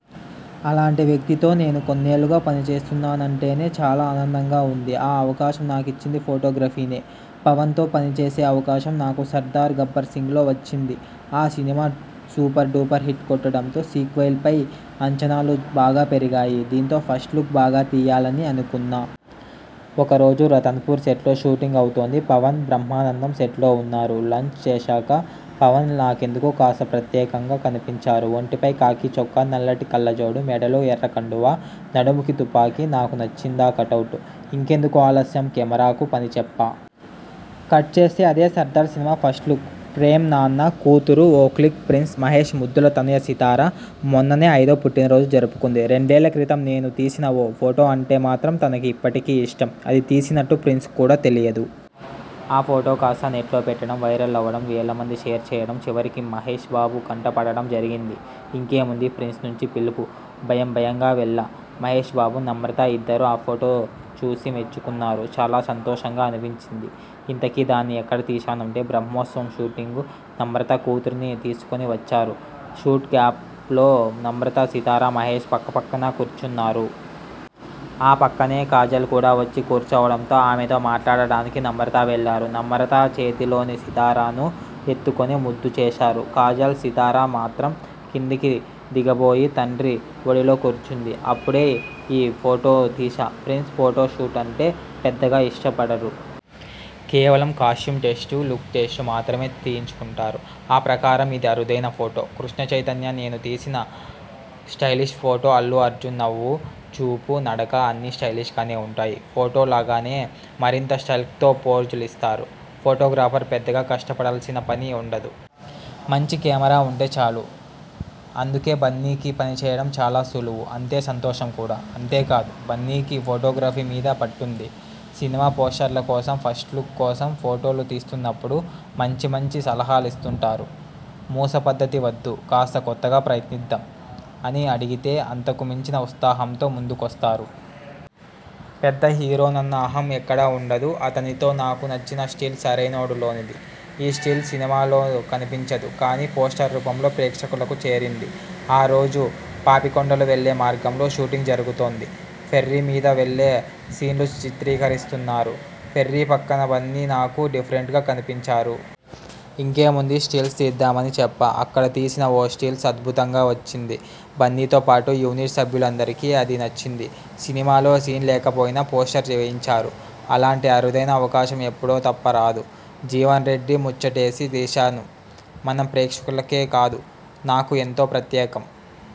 అలాంటి వ్యక్తితో నేను కొన్నేళ్లుగా పనిచేస్తున్నానంటేనే చాలా ఆనందంగా ఉంది. ఆ అవకాశం నాకిచ్చింది ఫొటోగ్రఫీనే. పవన్తో పనిచేసే అవకాశం నాకు 'సర్దార్ గబ్బర్ సింగ్'లో వచ్చింది. ఆ సినిమా సూపర్ డూపర్ హిట్ కొట్టడంతో సీక్వెల్పై అంచనాలు బాగా పెరిగాయి. దీంతో ఫస్ట్లుక్ బాగా తీయాలని అనుకున్నా. ఓరోజు రతన్పూర్ సెట్లో షూటింగ్ అవుతోంది. పవన్, బ్రహ్మానందం సెట్లో ఉన్నారు. లంచ్ చేశాక పవన్ నాకెందుకో కాస్త ప్రత్యేకంగా కనిపించారు. ఒంటిపై ఖాకీ చొక్కా, నల్లటి కళ్లజోడు, మెడలో ఎర్ర కండువా, నడుముకి తుపాకీ నాకు నచ్చిందా కటౌట్. ఇంకెందుకు ఆలస్యం కెమెరాకు పనిచెప్పా. కట్ చేస్తే అదే సర్దార్ సినిమా ఫస్ట్లుక్. ప్రేమ్ నాన్న, కూతురు, ఓ క్లిక్! ప్రిన్స్ మహేష్ ముద్దుల తనయ సితార. మొన్ననే అయిదో పుట్టినరోజు జరుపుకుంది. రెండేళ్లక్రితం నేను తీసిన ఓ ఫొటో అంటే మాత్రం తనకి ఇప్పటికీ ఇష్టం. అది తీసినట్టు ప్రిన్స్కు కూడా తెలియదు. ఆ ఫొటో కాస్త నెట్లో పెట్టడం, వైరల్ అవ్వడం, వేలమంది షేర్ చేయడం చివరికి మహేష్ కంటపడడం జరిగింది. ఇంకేముంది, ప్రిన్స్ నుంచి పిలువు. భయంభయంగా వెళ్లా. మహేష్బాబు, నమ్రతా ఇద్దరూ ఆ ఫొటో చూసి మెచ్చుకున్నారు. చాలా సంతోషంగా అనిపించింది. ఇంతకీ, దాన్ని ఎక్కడ తీశానంటే బ్రహ్మోత్సవం షూటింగ్కు నమ్రత కూతుర్ని తీసుకుని వచ్చారు షాట్ గ్యాప్లో నమ్రతా, సితార, మహేష్ పక్కపక్కన కూర్చున్నారు. ఆ పక్కనే కాజల్ కూడా వచ్చి కూర్చోవడంతో, ఆమెతో మాట్లాడానికి నమ్రత వెళ్లారు. నమ్రతా చేతిలోని సితారను ఎత్తుకుని ముద్దుచేశారు కాజల్. సితార మాత్రం కిందకి దిగిపోయి తండ్రి ఒడిలో కూర్చుంది. అప్పుడే ఈ ఫొటో తీశా. ప్రిన్స్ ఫొటో షూట్ అంటే పెద్దగా ఇష్టపడరు. కేవలం కాస్ట్యూమ్ టెస్ట్, లుక్ టెస్ట్కి మాత్రమే తీయించుకుంటారు. ఆ ప్రకారంగా ఇది అరుదైన ఫొటో. -కృష్ణ చైతన్య నేను తీసిన 'స్టైలిష్' ఫొటోఅల్లు అర్జున్ నవ్వు, చూపు, నడక అన్నీ స్టైలిష్గానే ఉంటాయి. ఫొటోలనగానే మరింత స్టైల్లుక్తో పోజులిస్తారు. ఫొటోగ్రాఫర్ పెద్దగా కష్టపడాల్సిన పని ఉండదు. మంచి కెమెరా ఉంటే చాలు. అందుకే బన్నీకి పనిచేయడం చాలా సులువు అంతే సంతోషం కూడా. అంతేకాదు బన్నీకి ఫొటోగ్రఫీ మీద పట్టుంది. సినిమా పోస్టర్ల కోసం, ఫస్ట్ లుక్ కోసం ఫొటోలు తీస్తున్నప్పుడు మంచిమంచి సలహాలిస్తుంటారు. మూస పద్ధతి వద్దు కాస్త కొత్తగా ప్రయత్నిద్దాం అని అడిగితే అంతకు మించిన ఉత్సాహంతో ముందుకొస్తారు. పెద్ద హీరోనన్న అహం ఎక్కడా ఉండదు. అతనితో నాకు నచ్చిన స్టిల్ 'సరైనోడు' లోనిది. ఈ స్టిల్ సినిమాలో కనిపించదు కానీ పోస్టర్ రూపంలో ప్రేక్షకులకు చేరింది. ఆ రోజు పాపికొండలు వెళ్లే మార్గంలో షూటింగ్ జరుగుతోంది. ఫెర్రీ మీద వెళ్లే సీన్లు చిత్రీకరిస్తున్నారు. ఫెర్రీ పక్కన బన్నీ నాకు డిఫరెంట్గా కనిపించారు. ఇంకేముంది స్టిల్స్ తీద్దామని చెప్పా. అక్కడ తీసిన ఓ స్టిల్ అద్భుతంగా వచ్చింది. బన్నీతో పాటూ యూనిట్ సభ్యులందరికీ అది నచ్చింది. సినిమాలో సీన్ లేకపోయినా పోస్టర్ వేయించారు. అలాంటి అరుదైన అవకాశం ఎప్పుడో తప్ప రాదు. జీవన్ రెడ్డి ముచ్చటేసి తీశాను 'మనం' ప్రేక్షకులకే కాదు, నాకూ ఎంతో ప్రత్యేకం.